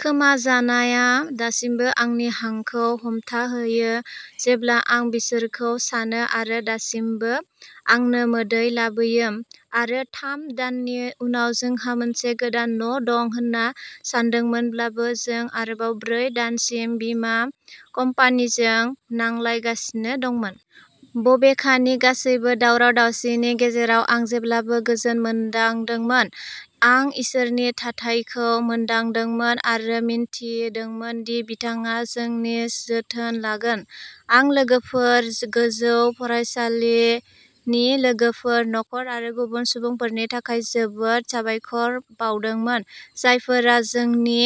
खोमाजानायआ दासिमबो आंनि हांखौ हमथाहोयो जेब्ला आं बिसोरखौ सानो आरो दासिमबो आंनो मोदै लाबोयो। आरो थाम दाननि उनाव जोंहा मोनसे गोदान न' दं होन्ना सानदोंमोनब्लाबो, जों आरोबाव ब्रै दानसिम बिमा कम्पानिजों नांलायगासिनो दंमोन। बबेखानि, गासैबो दावराव-दावसिनि गेजेराव आं जेब्लाबो गोजोन मोनदांदोंमोन। आं इसोरनि थाथायखौ मोनदांदोंमोन आरो मिन्थिदोंमोन दि बिथाङा जोंनि जोथोन लागोन। आं लोगोफोर, गोजौ फरायसालिनि लोगोफोर, नखर आरो गुबुन सुबुंफोरनि थाखाय जोबोद साबायखर बावदोंमोन, जायफोरा जोंनि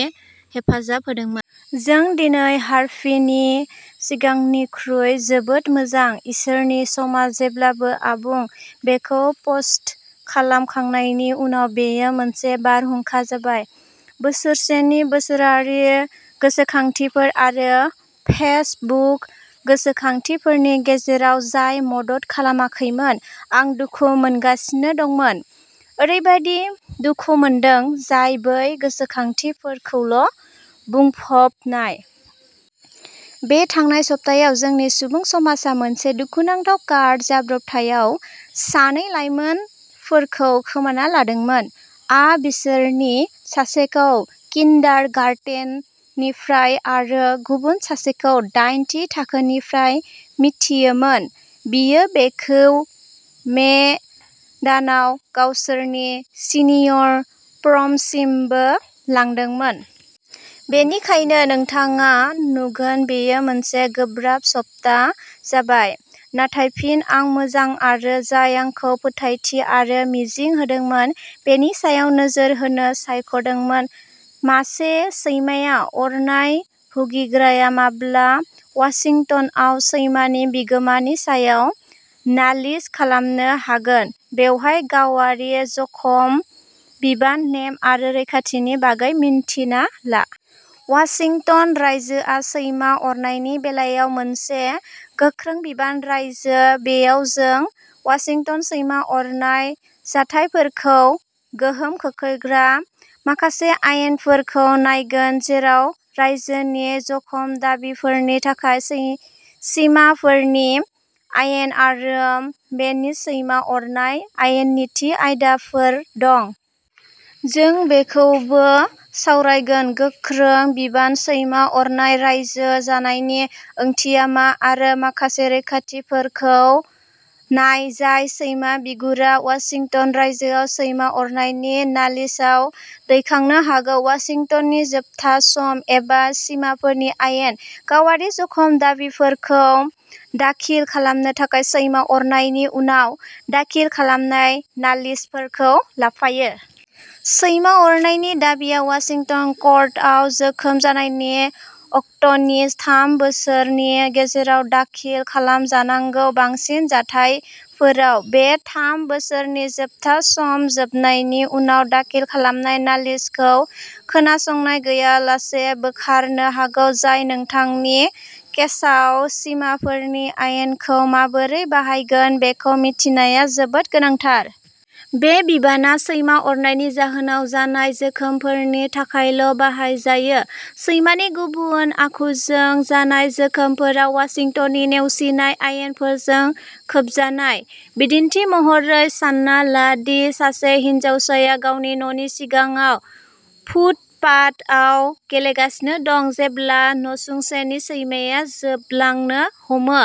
हेफाजाब होदोंमोन। जों दिनै हार्भिनि सिगांनिख्रुइ जोबोद मोजां। इसोरनि समा जेब्लाबो आबुं। "बेखौ पस्ट खालामखांनायनि उनाव बेयो मोनसे बारहुंखा जाबाय। बोसोरसेनि बोसोरारि गोसोखांथिफोर आरो फेसबुक गोसोखांथिफोरनि गेजेराव, जाय मदद खालामाखैमोन, आं दुखु मोनगासिनो दंमोन। ओरैबायदि दुखु मोनदों, जाय बै गोसोखांथिफोरखौल'बुंफबनाय। बे थांनाय सप्तायाव जोंनि सुबुं समाजआ मोनसे दुखुनांथाव कार जाब्रबथायाव सानै लाइमोनफोरखौ खोमाना लादोंमोन। आ बिसोरनि सासेखौ किन्डारगार्टेननिफ्राय आरो गुबुन सासेखौ दाइन थि थाखोनिफ्राय मिथियोमोन, बियो बिखौ मे दानाव गावसोरनि सिनियर प्रमसिमबो लांदोंमोन। बेनिखायनो नोंथाङा नुगोन बेयो मोनसे गोब्राब सप्ता जाबाय। नाथाय फिन आं मोजां आरो जाय आंखौ फोथायथि आरो मिजिं होदोंमोन, बेनि सायाव नोजोर होनो सायख'दोंमोन। मासे सैमाया अरनाय भुगिग्राया माब्ला वाशिंटनआव सैमानि बिगोमानि सायाव नालिस खालामनो हागोन, बेवहाय गावारि जखम बिबान नेम आरो रैखाथिनि बागै मिन्थिना ला। वाशिंटन रायजोआ सैमा अरनायनि बेलायाव मोनसे "गोख्रों बिबान" रायजो। बेयाव, जों वाशिंटन सैमा अरनाय जाथायफोरखौ गोहोम खोख्लैग्रा माखासे आयेनफोरखौ नायगोन, जेराव रायजोनि जखम दाबिफोरनि थाखाय सिमाफोरनि आयेन आरो बेनि सैमा अरनाय आयेननि थि आयदाफोर दं। जों बेखौबो सावरायगोन। "गोख्रों बिबान" सैमा अरनाय रायजो जानायनि ओंथिया मा आरो माखासे रैखाथिफोरखौ नाय जाय सैमा बिगुरा वाशिंटन रायजोआव सैमा अरनायनि नालिसाव दैखांनो हागौ। वाशिंटननि जोबथा सम, एबा "सिमाफोरनि आयेन", गावारि जखम दाबिफोरखौ दाखिल खालामनो थाखाय सैमा अरनायनि उनाव दाखिल खालामनाय नालिसफोरखौ लाफायो। सैमा अरनायनि दाबिआ वाशिंटन कर्टआव जोखोम जानायनि अक्ट'नि थाम बोसोरनि गेजेराव दाखिल खालामजानांगौ, बांसिन जाथायफोराव। बे थाम बोसोरनि जोबथा सम जोबनायनि उनाव दाखिल खालामनाय नालिसखौ खोनासंनाय गैयालासे बोखारनो हागौ, जाय नोंथांनि केसाव सिमाफोरनि आयेनखौ माबोरै बाहायगोन बेखौ मिथिनाया जोबोद गोनांथार। बे बिबानआ सैमा अरनायनि जाहोनाव जानाय जोखोमफोरनि थाखायल'बाहायजायो। सैमानि गुबुन आखुजों जानाय जोखोमफोरा वाशिंटननि नेवसिनाय आयेनफोरजों खोबजानाय। बिदिन्थि महरै, सानना ला दि सासे हिनजावसाया गावनि न'नि सिगाङाव फुटपाथआव गेलेगासिनो दं जेब्ला नसुंसेनि सैमाया जोबलांनो हमो।